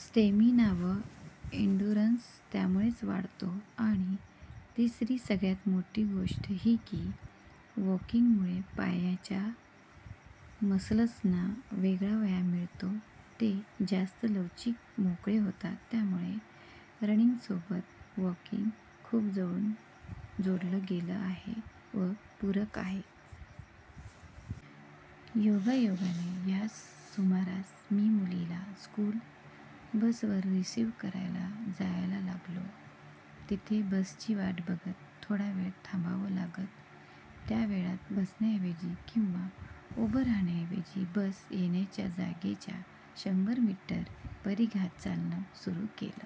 Stamina व endurance त्यामुळेच वाढतो. आणि तिसरी सगळ्यांत मोठी गोष्ट ही की, वॉकिंगमुळे पायाच्या मसल्सना वेगळा व्यायाम मिळतो, ते जास्त लवचिक, मोकळे होतात. त्यामुळे रनिंगसोबत वॉकिंग खूप जवळून जोडलं गेलं आहे व पूरक आहे. योगायोगाने ह्याच सुमारास मी मुलीला स्कूल बसवर रिसीव्ह करायला जायला लागलो. तिथे बसची वाट बघत थोडा वेळ थांबावं लागतं. त्या वेळात बसण्याऐवजी किंवा उभं राहण्याऐवजी बस येण्याच्या जागेच्या शंभर मीटर परिघात चालणं सुरू केलं.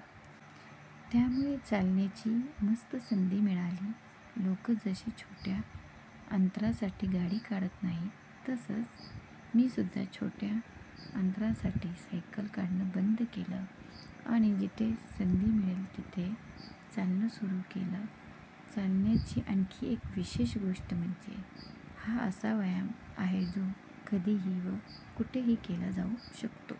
त्यामुळे चालण्याची मस्त संधी मिळाली. लोक जसे छोट्या अंतरासाठी गाडी काढत नाहीत, तसं मीसुद्धा छोट्या अंतरासाठी सायकल काढणं बंद केलं आणि जिथे संधी मिळेल, तिथे चालणं सुरू केलं. चालण्याची आणखी एक विशेष गोष्ट म्हणजे हा असा व्यायाम आहे, जो कधीही व कुठेही केला जाऊ शकतो.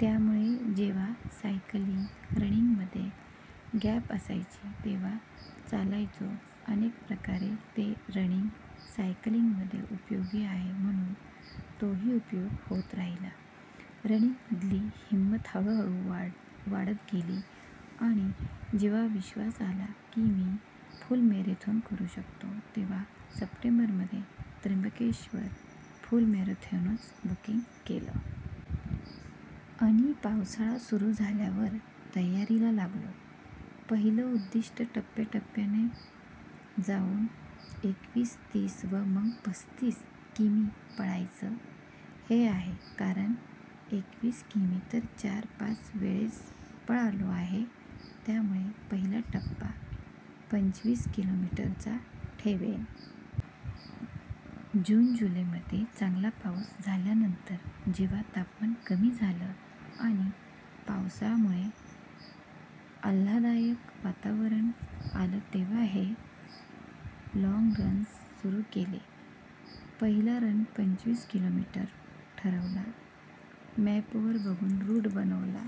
त्यामुळे जेव्हा सायकलिंग-रनिंगमध्ये गॅप असायची, तेव्हा चालायचो. अनेक प्रकारे ते रनिंग-सायकलिंगमध्ये उपयोगी आहे, म्हणून तोही उपयोग होत राहिला. रनिंगमधली हिंमत हळूहळू वाढत गेली. आणि जेव्हा विश्वास आला की, मी फुल मॅरेथॉन करू शकतो, तेव्हा सप्टेंबरमध्ये त्र्यंबकेश्वर फुल मॅरेथॉनचं बुकिंग केलं. आणि पावसाळा सुरू झाल्यावर तयारीला लागलो. पहिलं उद्दिष्ट टप्प्याटप्प्याने जाऊन एकवीस, तीस व मग पस्तीस किमी पळायचं, हे आहे. कारण एकवीस किमी तर चार-पाच वेळेस पळालो आहे. त्यामुळे पहिला टप्पा पंचवीस किलोमीटरचा ठेवेन. जून-जुलैमध्ये चांगला पाऊस झाल्यानंतर जेव्हा तापमान कमी झालं आणि पावसामुळे आल्हाददायक वातावरण आलं तेव्हा हे लाँग रन्स सुरू केले. पहिला रन पंचवीस किलोमीटर ठरवला. मॅपवर बघून रूट बनवला.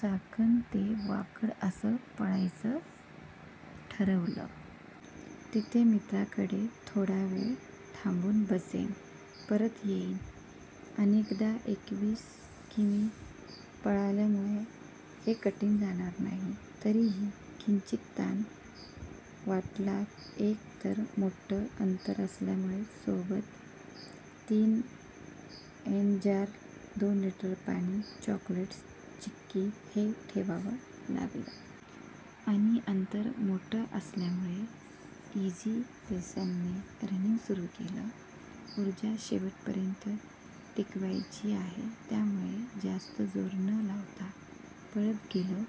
चाकण ते वाकड असं पळायचं ठरवलं. तिथे मित्राकडे थोडा वेळ थांबून बसने परत येईन. अनेकदा एकवीस किमी पळाल्यामुळे हे कठीण जाणार नाही. तरीही किंचित ताण वाटला. एक तर मोठं अंतर असल्यामुळे सोबत तीन एनर्जाल, दोन लीटर पाणी, चॉकलेट्स, चिक्की हे ठेवावं लागलं. आणि अंतर मोठं असल्यामुळे इझी पेसने रनिंग सुरू केलं. ऊर्जा शेवटपर्यंत टिकवायची आहे, त्यामुळे जास्त जोर न लावता पळत गेलो.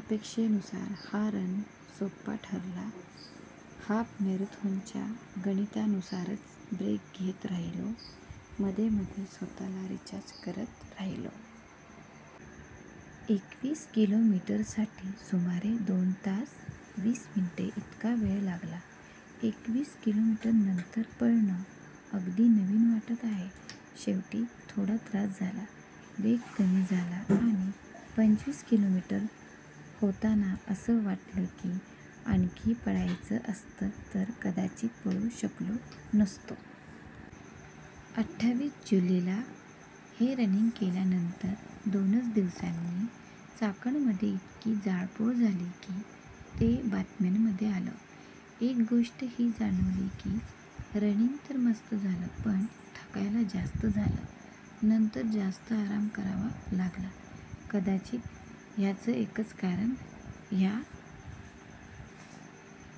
अपेक्षेनुसार हा रन सोपा ठरला. हाफ मॅरेथॉनच्या गणितानुसारच ब्रेक घेत राहिलो, मध्ये मध्ये स्वतःला रिचार्ज करत राहिलो. एकवीस किलोमीटरसाठी सुमारे दोन तास वीस मिनिटे इतका वेळ लागला. एकवीस किलोमीटरनंतर पळणं अगदी नवीन वाटत आहे. शेवटी थोडा त्रास झाला, वेग कमी झाला आणि पंचवीस किलोमीटर होताना असं वाटलं की, आणखी पळायचं असतं तर कदाचित पळू शकलो नसतो. अठ्ठावीस जुलैला हे रनिंग केल्यानंतर दोनच दिवसांनी चाकणमध्ये इतकी जाळपोळ झाली की ते बातम्यांमध्ये आलं. एक गोष्ट ही जाणवली की, रनिंग तर मस्त झालं पण थकायला जास्त झालं. नंतर जास्त आराम करावा लागला. कदाचित ह्याचं एक कारण ह्या